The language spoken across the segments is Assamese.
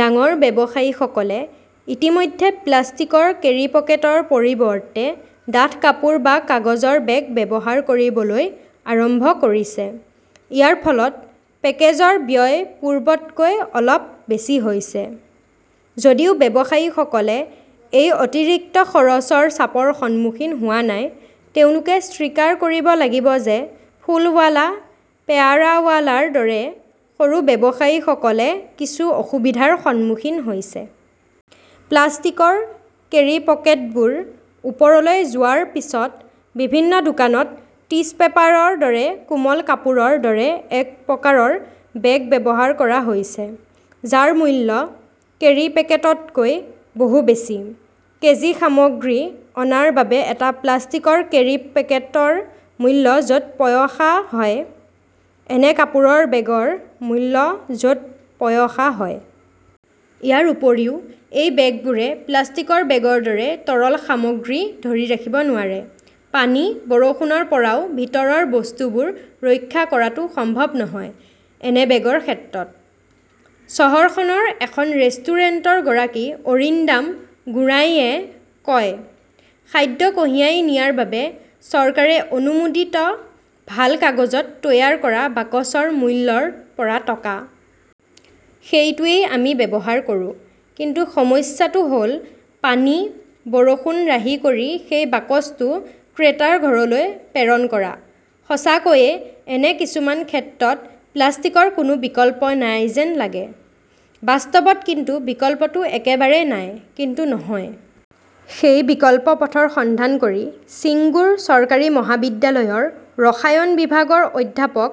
ডাঙৰ ব্যৱসায়ীসকলে ইতিমধ্যে প্লাষ্টিকৰ কেৰিপকেটৰ পৰিৱৰ্তে ডাঠ কাপোৰ বা কাগজৰ বেগ ব্যৱহাৰ কৰিবলৈ আৰম্ভ কৰিছে। ইয়াৰ ফলত পেকেজৰ ব্যয় পূৰ্বতকৈ অলপ বেছি হৈছে। যদিও ব্যৱসায়ীসকলে এই অতিৰিক্ত খৰচৰ চাপৰ সন্মুখীন হোৱা নাই, তেওঁলোকে স্বীকাৰ কৰিব লাগিব যে ফুলৱালা, পেয়াৰাৱালাৰ দৰে সৰু ব্যৱসায়ীসকলে কিছু অসুবিধাৰ সন্মুখীন হৈছে। প্লাষ্টিকৰ কেৰিপকেটবোৰ ওপৰলৈ যোৱাৰ পিছত বিভিন্ন দোকানত টিছ পেপাৰৰ দৰে কোমল কাপোৰৰ দৰে এক প্ৰকাৰৰ বেগ ব্যৱহাৰ কৰা হৈছে। যাৰ মূল্য কেৰী পেকেটতকৈ বহু বেছি। কেজি সামগ্ৰী অনাৰ বাবে এটা প্লাষ্টিকৰ কেৰী পেকেটৰ মূল্য য 'ত পয়সা হয়, এনে কাপোৰৰ বেগৰ মূল্য য' ত পয়সা হয়। ইয়াৰ উপৰিও, এই বেগবোৰে প্লাষ্টিকৰ বেগৰ দৰে তৰল সামগ্ৰী ধৰি ৰাখিব নোৱাৰে। পানী, বৰষুণৰ পৰাও ভিতৰৰ বস্তুবোৰ ৰক্ষা কৰাটো সম্ভৱ নহয়, এনে বেগৰ ক্ষেত্ৰত। চহৰখনৰ এখন ৰেষ্টুৰেণ্টৰ গৰাকী অৰিন্দাম গোৰাইয়ে কয়, "খাদ্য কঢ়িয়াই নিয়াৰ বাবে চৰকাৰে অনুমোদিত ভাল কাগজত তৈয়াৰ কৰা বাকচৰ মূল্য ৰ পৰা টকা। সেইটোৱেই আমি ব্যৱহাৰ কৰোঁ। কিন্তু সমস্যাটো হ "ল পানী, বৰষুণ ৰাহি কৰি সেই বাকচটো ক্ৰেতাৰ ঘৰলৈ প্ৰেৰণ কৰা। সঁচাকৈয়ে এনে কিছুমান ক্ষেত্ৰত প্লাষ্টিকৰ কোনো বিকল্প নাই যেন লাগে। "বাস্তৱত কিন্তু বিকল্পটো একেবাৰে নাই, কিন্তু নহয়। সেই বিকল্প পথৰ সন্ধান কৰি, ছিংগুৰ চৰকাৰী মহাবিদ্যালয়ৰ ৰসায়ন বিভাগৰ অধ্যাপক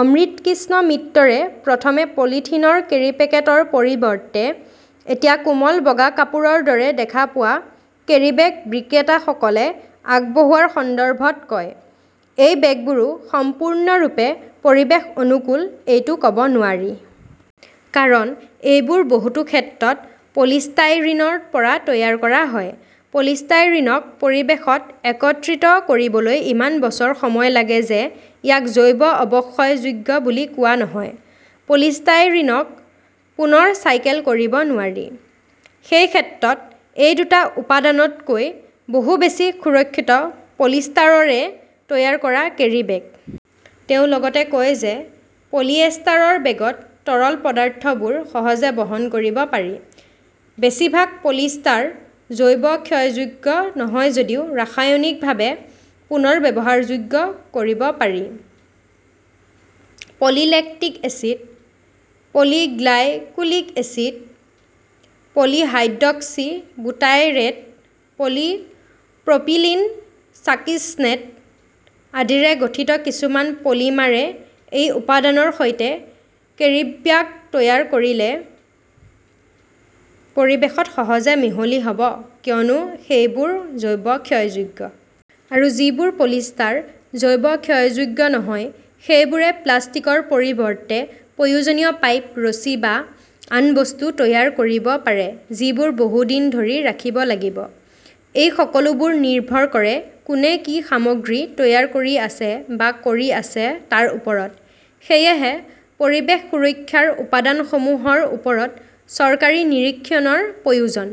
অমৃতকৃষ্ণ মিত্তৰে প্ৰথমে পলিথিনৰ কেৰী পেকেটৰ পৰিৱৰ্তে এতিয়া কোমল বগা কাপোৰৰ দৰে দেখা পোৱা কেৰীবেগ বিক্ৰেতাসকলে আগবঢ়োৱাৰ সন্দৰ্ভত কয়, "এই বেগবোৰো সম্পূৰ্ণৰূপে পৰিৱেশ-অনুকূল, এইটো ক" ব নোৱাৰি। কাৰণ, এইবোৰ বহুতো ক্ষেত্ৰত পলিষ্টাইৰিনৰ পৰা তৈয়াৰ কৰা হয়। পলিষ্টাইৰিনক পৰিৱেশত একত্ৰিত কৰিবলৈ ইমান বছৰ সময় লাগে যে ইয়াক জৈৱ-অৱক্ষয়যোগ্য বুলি কোৱা নহয়। পলিষ্টাইৰিনক পুনৰ চাইকেল কৰিব নোৱাৰি। সেই ক্ষেত্ৰত এই দুটা উপাদানতকৈ বহু বেছি সুৰক্ষিত পলিষ্টাৰৰে তৈয়াৰ কৰা কেৰীবেগ। "তেওঁ লগতে কয় যে পলিয়েষ্টাৰৰ বেগত তৰল পদাৰ্থবোৰ সহজে বহন কৰিব পাৰি। বেছিভাগ পলিষ্টাৰ জৈৱ-ক্ষয়যোগ্য নহয় যদিও ৰাসায়নিকভাৱে পুনৰ ব্যৱহাৰযোগ্য কৰিব পাৰি। Poly lactic acid, poly glycolic acid, poly hydroxy butyrate, poly propylene succinate আদিৰে গঠিত কিছুমান পলিমাৰে এই উপাদানৰ সৈতে কেৰিব্যাগ তৈয়াৰ কৰিলে পৰিৱেশত সহজে মিহলি হ 'ব কিয়নো সেইবোৰ জৈৱ-ক্ষয়যোগ্য। আৰু যিবোৰ পলিষ্টাৰ জৈৱ-ক্ষয়যোগ্য নহয় সেইবোৰে প্লাষ্টিকৰ পৰিৱৰ্তে প্ৰয়োজনীয় পাইপ, ৰছী বা আন বস্তু তৈয়াৰ কৰিব পাৰে যিবোৰ বহু দিন ধৰি ৰাখিব লাগিব। এই সকলোবোৰ নিৰ্ভৰ কৰে কোনে কি সামগ্ৰী তৈয়াৰ কৰি আছে বা কৰি আছে তাৰ ওপৰত। সেয়েহে পৰিৱেশ সুৰক্ষাৰ উপাদানসমূহৰ ওপৰত চৰকাৰী নিৰীক্ষণৰ প্ৰয়োজন।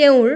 তেওঁৰ